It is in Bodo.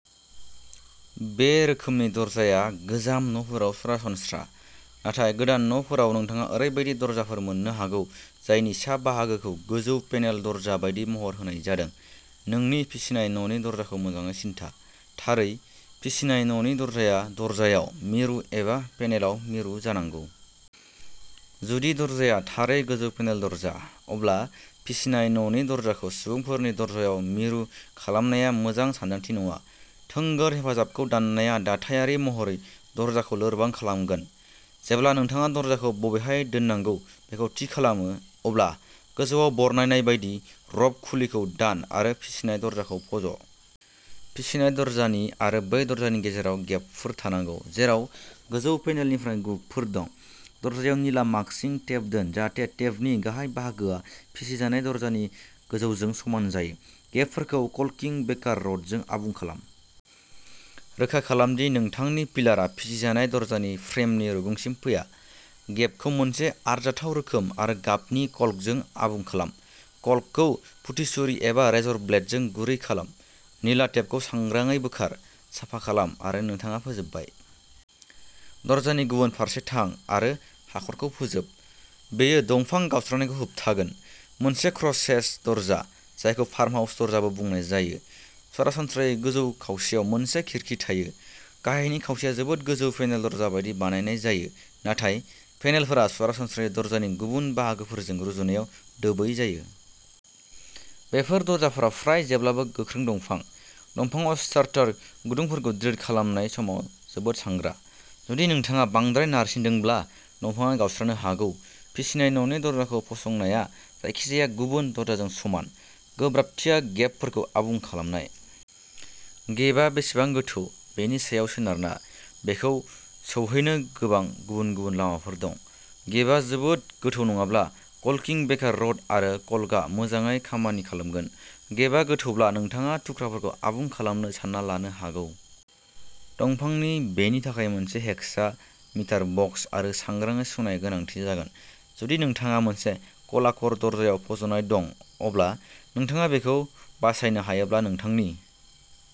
बे रोखोमनि दरजाया गोजाम न'फोराव सरासनस्रा, नाथाय गोदान न'फोराव नोंथाङा ओरैबायदि दरजाफोर मोन्नो हागौ जायनि सा बाहागोखौ गोजौ पेनेल दरजा बायदि महर होनाय जादों। नोंनि फिसिनाय न'नि दरजाखौ मोजाङै सिनथा। थारै, फिसिनाय न'नि दरजाया दरजायाव मिरु एबा पेनेलाव मिरु जानांगौ। जुदि दरजाया थारै गोजौ पेनेल दरजा, अब्ला फिसिनाय न'नि दरजाखौ सुबुंफोरनि दरजायाव मिरु खालामनाया मोजां सानदांथि नङा। थोंगोर हेफाजाबखौ दाननाया दाथायारि महरै दरजाखौ लोरबां खालामगोन। जेब्ला नोंथाङा दरजाखौ बबेहाय दोननांगौ बेखौ थि खालामो, अब्ला गोजौवाव बरनायनाय बायदि र'फ खुलिखौ दान आरो फिसिनाय दरजाखौ फज'। फिसिनाय दरजानि आरो बै दरजानि गेजेराव गेबफोर थानांगौ जेराव गोजौ पेनेलनिफ्राय ग्रुभफोर दं। दरजायाव निला मास्किंग टेप दोन जाहाथे टेपनि गाहाय बाहागोआ फिसिनाय दरजानि गोजौजों समान जायो। गेबफोरखौ कल्किं बेकार रड जों आबुं खालाम। रोखा खालाम दि नोंथांनि फिलारआ फिसिनाय दरजानि फ्रेमनि रुगुंसिम फैया। गेबखौ मोनसे आरजाथाव रोखोम आरो गाबनि कल्कजों आबुं खालाम। कल्कखौ पुटी छुरी एबा रेजर ब्लेडजों गुरै खालाम। निला टेपखौ सांग्राङै बोखार। साफा खालाम आरो नोंथाङा फोजोबबाय। । दरजानि गुबुन फारसे थां आरो हाखरखौ फोजोब। बेयो दंफां गावस्रानायखौ होबथागोन। मोनसे क्रसहेच दरजा, जायखौ फार्महाउस दरजाबो बुंनाय जायो, सरासनस्रायै गोजौ खावसेयाव मोनसे खिरखि थायो। गाहायनि खावसेया जोबोद गोजौ पेनेल दरजा बायदि बानायनाय जायो, नाथाय पेनेलफोरा सरासनस्रायै दरजानि गुबुन बाहागोफोरजों रुजुनायाव दोबै जायो। बेफोर दरजाफोरा फ्राय जेब्लाबो गोख्रों दंफां। दंफांआव स्टार्टार गुदुंफोरखौ ड्रिल खालामनाय समाव जोबोद सांग्रा। जुदि नोंथाङा बांद्राय नारसिनदोंब्ला दंफांआ गावस्रानो हागौ। फिसिनाय न'नि दरजाखौ फसंनाया जायखिजाया गुबुन दरजाजों समान। गोब्राबथिया गेबफोरखौ आबुं खालामनाय। गेबआ बेसेबां गोथौ, बेनि सायाव सोनारना, बेखौ सौहैनो गोबां गुबुन-गुबुन लामाफोर दं। गेबआ जोबोद गोथौ नङाब्ला, कल्किं बेकार रड आरो कल्कआ मोजाङै खामानि खालामगोन। गेबआ गोथौब्ला नोंथाङा थुख्राफोरजों आबुं खालामनो सानना लानो हागौ। दंफांनि बेनि थाखाय मोनसे हेकसा, मिटार बक्स आरो सांग्राङै सुनाय गोनांथि जागोन। जुदि नोंथाङा मोनसे ख'ला क'र दरजायाव फज'नाय दं, अब्ला नोंथाङा बेखौ बासायनो हायोब्ला नोंथांनि